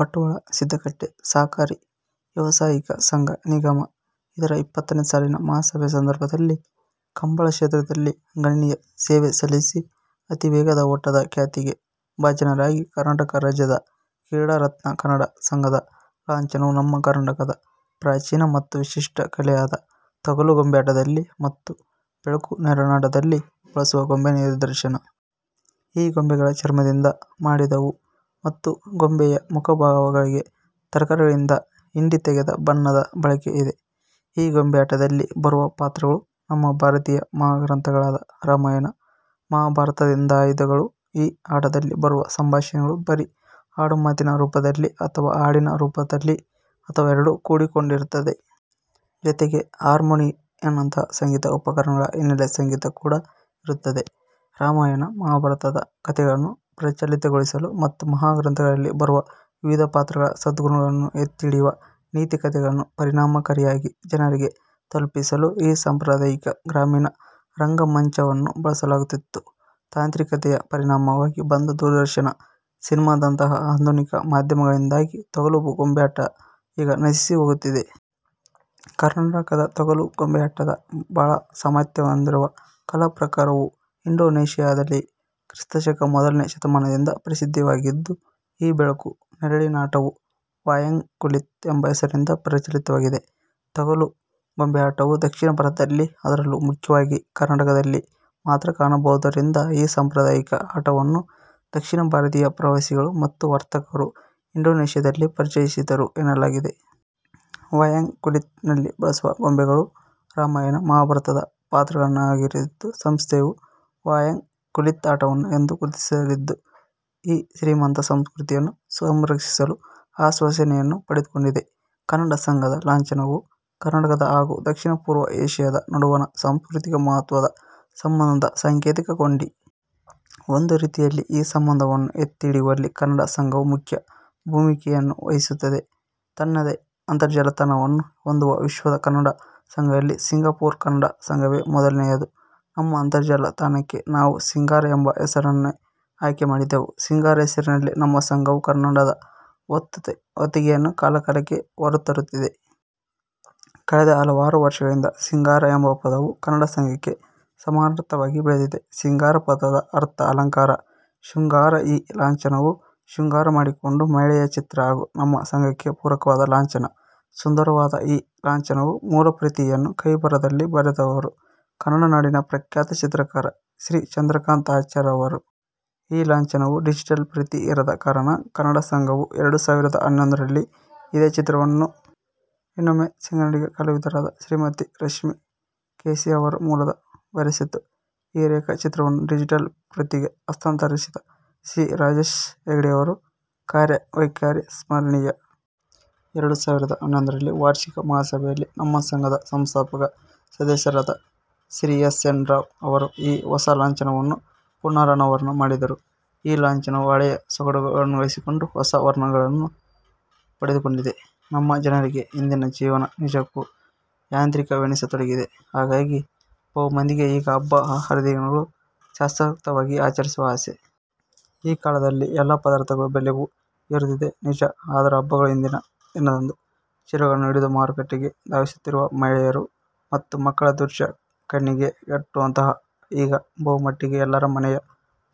ಬಂಟ್ವಾಳ: ಸಿದ್ದಕಟ್ಟೆ ಸಹಕಾರಿ ವ್ಯವಸಾಯಿಕ ಸಂಘ, ನಿಗಮ. ಇದರ ಇಪ್ಪತ್ತನೇ ಸಾಲಿನ ಮಹಾಸಭೆ ಸಂದರ್ಭದಲ್ಲಿ ಕಂಬಳ ಕ್ಷೇತ್ರದಲ್ಲಿ ಗಣನೀಯ ಸೇವೆಸಲ್ಲಿಸಿ ಅತೀ ವೇಗದ ಓಟದ ಖ್ಯಾತಿಗೆ ಬಾಜನರಾಗಿ ಕರ್ನಾಟಕ ರಾಜ್ಯದ ಕ್ರೀಡಾರತ್ನಕನ್ನಡ ಸಂಘದ ಲಾಂಛನವು ನಮ್ಮ ಕರ್ನಾಟಕದ ಪ್ರಾಚೀನ ಮತ್ತು ವಿಶಿಷ್ಟ ಕಲೆಯಾದ ತೊಗಲು ಗೊಂಬೆಯಾಟದಲ್ಲಿ ಮತ್ತು ಬೆಳಕು-ನೆರಳಿನಾಟದಲ್ಲಿ ಬಳಸುವ ಗೊಂಬೆಯ ನಿದರ್ಶನ. ಈ ಗೊಂಬೆಗಳು ಚರ್ಮದಿಂದ ಮಾಡಿದವು ಮತ್ತು ಗೊಂಬೆಯ ಮುಖಭಾವಗಳಿಗೆ ತರಕಾರಿಗಳಿಂದ ಹಿಂಡಿತೆಗೆದ ಬಣ್ಣದ ಬಳಕೆ ಇದೆ. ಈ ಗೊಂಬೆಯಾಟದಲ್ಲಿ ಬರುವ ಪಾತ್ರಗಳು ನಮ್ಮ ಭಾರತೀಯ ಮಹಾಗ್ರಂಥಗಳಾದ ರಾಮಾಯಣ, ಮಹಾಭಾರತದಿಂದಾಯ್ದವುಗಳು. ಈ ಆಟದಲ್ಲಿ ಬರುವ ಸಂಭಾಷಣೆಗಳು ಬರೀ ಆಡುಮಾತಿನ ರೂಪದಲ್ಲಿ ಅಥವಾ ಹಾಡಿನ ರೂಪದಲ್ಲಿ ಅಥವಾ ಎರಡೂ ಕೂಡಿಕೊಂಡಿರುತ್ತವೆ. ಜೊತೆಗೆ ಹಾರ್ಮೋನಿಯಮ್ನಂತಹ ಸಂಗೀತ ಉಪಕರಣಗಳ ಹಿನ್ನೆಲೆ ಸಂಗೀತ ಕೂಡ ಇರುತ್ತದೆ. ರಾಮಾಯಣ, ಮಹಾಭಾರತದ ಕಥೆಗಳನ್ನು ಪ್ರಚಲಿತಗೊಳಿಸಲು ಮತ್ತು ಮಹಾಗ್ರಂಥಗಳಲ್ಲಿ ಬರುವ ವಿವಿಧ ಪಾತ್ರಗಳ ಸದ್ಗುಣಗಳನ್ನು ಎತ್ತಿಹಿಡಿಯುವ ನೀತಿಕಥೆಗಳನ್ನು ಪರಿಣಾಮಕಾರಿಯಾಗಿ ಜನರಿಗೆ ತಲುಪಿಸಲು ಈ ಸಾಂಪ್ರದಾಯಿಕ ಗ್ರಾಮೀಣ ರಂಗಮಂಚವನ್ನು ಬಳಸಲಾಗುತ್ತಿತ್ತು. ತಾಂತ್ರಿಕತೆಯ ಪರಿಣಾಮವಾಗಿ ಬಂದ ದೂರದರ್ಶನ, ಸಿನೇಮಾದಂತಹ ಆಧುನಿಕ ಮಾಧ್ಯಮಗಳಿಂದಾಗಿ ತೊಗಲು ಗೊಂಬೆಯಾಟ ಈಗ ನಶಿಸಿಹೋಗುತ್ತಿದೆ. ಕರ್ನಾಟಕದ ತೊಗಲು ಗೊಂಬೆಯಾಟಕ್ಕೆ ಬಹಳ ಸಾಮ್ಯತೆ ಹೊಂದಿರುವ ಕಲಾಪ್ರಾಕಾರವು ಇಂಡೋನೇಶಿಯಾದಲ್ಲಿಯೂ ಕ್ರಿಸ್ತಶಕ ಮೊದಲನೇ ಶತಮಾನದಿಂದ ಪ್ರಸಿದ್ಧವಾಗಿದ್ದು, ಈ ಬೆಳಕು-ನೆರಳಿನಾಟವು "ವಯಾಂಗ್ ಕುಲಿತ್" ಎಂಬ ಹೆಸರಿನಿಂದ ಪ್ರಚಲಿತವಾಗಿದೆ. ತೊಗಲು ಗೊಂಬೆಯಾಟವು ದಕ್ಷಿಣ ಭಾರತದಲ್ಲಿ, ಅದರಲ್ಲೂ ಮುಖ್ಯವಾಗಿ ಕರ್ನಾಟಕದಲ್ಲಿ ಮಾತ್ರ ಕಾಣಬರುವುದರಿಂದ ಈ ಸಾಂಪ್ರದಾಯಿಕ ಆಟವನ್ನು ದಕ್ಷಿಣ ಭಾರತೀಯ ಪ್ರವಾಸಿಗಳು ಮತ್ತು ವರ್ತಕರು ಇಂಡೋನೇಶಿಯಾದಲ್ಲಿ ಪರಿಚಯಿಸಿದರು ಎನ್ನಲಾಗಿದೆ. "ವಯಾಂಗ್ ಕುಲಿತ್"ನಲ್ಲಿ ಬಳಸುವ ಗೊಂಬೆಗಳೂ ರಾಮಾಯಣ, ಮಹಾಭಾರತದ ಪಾತ್ರಗಳನ್ನಾಧರಿಸಿದ್ದು. ಸಂಸ್ಥೆಯು "ವಯಾಂಗ್ ಕುಲಿತ್" ಆಟವನ್ನು "" ಎಂದು ಗುರುತಿಸಿದ್ದು, ಈ ಶ್ರೀಮಂತ ಸಂಸ್ಕೃತಿಯನ್ನು ಸಂರಕ್ಷಿಸುವ ಆಶ್ವಾಸನೆಯನ್ನು ಪಡೆದುಕೊಂಡಿದೆ. ಕನ್ನಡ ಸಂಘದ ಲಾಂಛನವು ಕರ್ನಾಟಕದ ಹಾಗೂ ದಕ್ಷಿಣ-ಪೂರ್ವ ಏಶಿಯಾದ ನಡುವಣ ಸಾಂಸ್ಕೃತಿಕ ಮಹತ್ವದ ಸಂಬಂಧದ ಸಾಂಕೇತಿಕ ಕೊಂಡಿ. ಒಂದು ರೀತಿಯಲ್ಲಿ ಈ ಸಂಬಂಧವನ್ನು ಎತ್ತಿಹಿಡಿಯುವಲ್ಲಿ ಕನ್ನಡ ಸಂಘವು ಮುಖ್ಯ ಭೂಮಿಕೆಯನ್ನು ವಹಿಸುತ್ತಿದೆ. ತನ್ನದೇ ಅಂತರ್ಜಾಲ ತಾಣವನ್ನು ಹೊಂದುವ ವಿಶ್ವದ ಕನ್ನಡ ಸಂಘಗಳಲ್ಲಿ ಸಿಂಗಪುರ ಕನ್ನಡ ಸಂಘವೇ ಮೊದಲನೆಯದು. ನಮ್ಮ ಅಂತರ್ಜಾಲ ತಾಣಕ್ಕೆ ನಾವು "ಸಿಂಗಾರ"ಎಂಬ ಹೆಸರನ್ನೇ ಆಯ್ಕೆ ಮಾಡಿದೆವು. "ಸಿಂಗಾರ" ಹೆಸರಿನಲ್ಲೇ ನಮ್ಮ ಸಂಘವು ಕನ್ನಡದ ಹೊತ್ತುಗೆಯನ್ನು ಕಾಲಕಾಲಕ್ಕೆ ಹೊರತರುತ್ತಿದೆ. ಕಳೆದ ಹಲವಾರು ವರ್ಷಗಳಿಂದ "ಸಿಂಗಾರ" ಎಂಬ ಪದವು ಕನ್ನಡ ಸಂಘಕ್ಕೆ ಸಮಾನಾರ್ಥಕವಾಗಿ ಬೆಳೆದಿದೆ. "ಸಿಂಗಾರ" ಪದದ ಅರ್ಥ ಅಲಂಕಾರ, ಶೃಂಗಾರ. ಈ ಲಾಂಛನವು ಶೃಂಗಾರ ಮಾಡಿಕೊಂಡ ಮಹಿಳೆಯ ಚಿತ್ರ ಹಾಗೂ ನಮ್ಮ ಸಂಘಕ್ಕೆ ಪೂರಕವಾದ ಲಾಂಛನ. ಸುಂದರವಾದ ಈ ಲಾಂಛನದ ಮೂಲಪ್ರತಿಯನ್ನು ಕೈಬರಹದಲ್ಲಿ ಬರೆದವರು ಕನ್ನಡನಾಡಿನ ಪ್ರಖ್ಯಾತ ಚಿತ್ರಕಾರ ಶ್ರೀ ಚಂದ್ರಕಾಂತ್ ಆಚಾರ್ಯ ಅವರು. ಈ ಲಾಂಛನದ ಡಿಜಿಟಲ್ ಪ್ರತಿ ಇರದ ಕಾರಣ ಕನ್ನಡ ಸಂಘ ವು ಎರಡು ಸಾವಿರದ ಹನ್ನೊಂದರಲ್ಲಿ ಇದೇ ಚಿತ್ರವನ್ನು ಇನ್ನೊಮ್ಮೆ, ಸಿಂಗನ್ನಡಿಗ ಕಲಾವಿದರಾದ ಶ್ರಿಮತಿ ರಶ್ಮಿ ಕೆ. ಸಿ ಅವರು ಮೂಲಕ ಬರೆಸಿತು. ಈ ರೇಖಾ ಚಿತ್ರವನ್ನು ಡಿಜಿಟಲ್ ಪ್ರತಿಗೆ ಹಸ್ತಾಂತರಿಸಿದ ಶ್ರೀ ರಾಜೇಶ್ ಹೆಗಡೆಯವರ ಕಾರ್ಯವೈಕರಿ ಸ್ಮರಿಣೀಯ. ಎರಡು ಸಾವಿರದ ಹನ್ನೊಂದರಲ್ಲಿ ವಾರ್ಷಿಕ ಮಹಾಸಭೆಯಲ್ಲಿ ನಮ್ಮ ಸಂಘದ ಸಂಸ್ಥಾಪಕ ಸದಸ್ಯರಾದ ಶ್ರೀ ಎ. ಎನ್. ರಾವ್ ಅವರು ಈ ಹೊಸ ಲಾಂಛನವನ್ನು ಪುನರ್-ಅನಾವರಣ ಮಾಡಿದರು. ಈ ಲಾಂಛನವು ಹಳೆಯ ಸೊಗಡುಗಳನ್ನುಳಿಸಿಕೊಂಡು ಹೊಸ ವರ್ಣಗಳನ್ನು ಪಡೆದುಕೊಂಡಿದೆ. ನಮ್ಮ ಜನರಿಗೆ ಇಂದಿನ ಜೀವನ ನಿಜಕ್ಕೂ ಯಾಂತ್ರಿಕವೆನಿಸತೊಡಗಿದೆ. ಹಾಗಾಗಿ ಬಹುಮಂದಿಗೆ ಈಗ ಹಬ್ಬ ಹರಿದಿನಗಳನ್ನು ಶಾಸ್ತ್ರೋಕ್ತವಾಗಿ ಆಚರಿಸುವ ಆಸೆ. ಈ ಕಾಲದಲ್ಲಿ ಎಲ್ಲ ಪದಾರ್ಥಗಳ ಬೆಲೆಯೂ ಏರುತ್ತಿದೆ, ನಿಜ. ಆದರೂ ಹಬ್ಬಗಳ ಹಿಂದಿನ ದಿನದಂದು ಚೀಲಗಳನ್ನು ಹಿಡಿದು ಮಾರುಕಟ್ಟೆಗೆ ಧಾವಿಸುತ್ತಿರುವ ಮಹಿಳೆಯರ ಮತ್ತು ಮಕ್ಕಳ ದೃಶ್ಯ ಕಣ್ಣಿಗೆಕಟ್ಟುವಂಥದು. ಈಗ ಬಹುಮಟ್ಟಿಗೆ ಎಲ್ಲರ ಮನೆಯ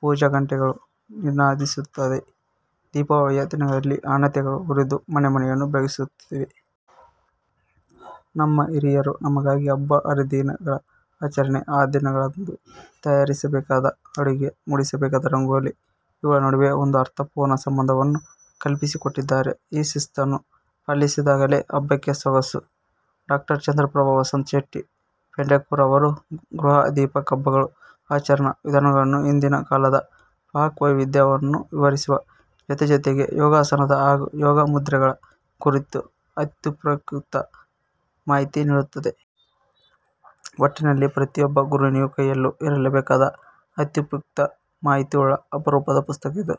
ಪೂಜಾಗಂಟೆಗಳೂ ನಿನಾದಿಸುತ್ತಿವೆ. ದೀಪಾವಳಿಯ ದಿನಗಳಲ್ಲಿ ಹಣತೆ ಗಳು ಉರಿದು ಮನೆಮನೆಯನ್ನೂ ಬೆಳಗಿಸುತ್ತಿವೆ. ನಮ್ಮ ಹಿರಿಯರು ನಮಗಾಗಿ ಹಬ್ಬ ಹರಿದಿನಗಳ ಆಚರಣೆ, ಆ ದಿನಗಳಂದು ತಯಾರಿಸ ಬೇಕಾದ ಅಡುಗೆ, ಮೂಡಿಸಬೇಕಾದ ರಂಗೋಲಿ, ಇವುಗಳ ನಡುವೆ ಒಂದು ಅರ್ಥಪೂರ್ಣ ಸಂಬಂಧವನ್ನು ಕಲ್ಪಿಸಿಕೊಟ್ಟಿದ್ದಾರೆ. ಈ ಶಿಸ್ತನ್ನು ಪಾಲಿಸಿದಾಗಲೇ ಹಬ್ಬಕ್ಕೆ ಸೊಗಸು. ಡಾ ಚಂದ್ರಪ್ರಭಾ ವಸಂತ ಶೆಟ್ಟಿ ಪೆಂಡಕೂರ ಅವರ ಗೃಹ ದೀಪಿಕ ಹಬ್ಬಗಳ ಆಚರಣಾ ವಿಧಾನಗಳನ್ನೂ ಹಿಂದಿನ ಕಾಲದ ಪಾಕವೈವಿಧ್ಯ ವನ್ನೂ ವಿವರಿಸುವ ಜೊತೆಜೊತೆಗೇ ಯೋಗಾಸನದ ಹಾಗೂ ಯೋಗ ಮುದ್ರೆಗಳ ಕುರಿತೂ ಅತ್ಯುಪಯುಕ್ತ ಮಾಹಿತಿ ನೀಡುತ್ತದೆ. ಒಟ್ಟಿನಲ್ಲಿ ಪ್ರತಿಯೊಬ್ಬ ಗೃಹಿಣಿಯ ಕೈಯಲ್ಲೂ ಇರಲೇಬೇಕಾದ, ಅತ್ಯುಪಯುಕ್ತ ಮಾಹಿತಿಯುಳ್ಳ ಅಪರೂಪದ ಪುಸ್ತಕ ಇದು.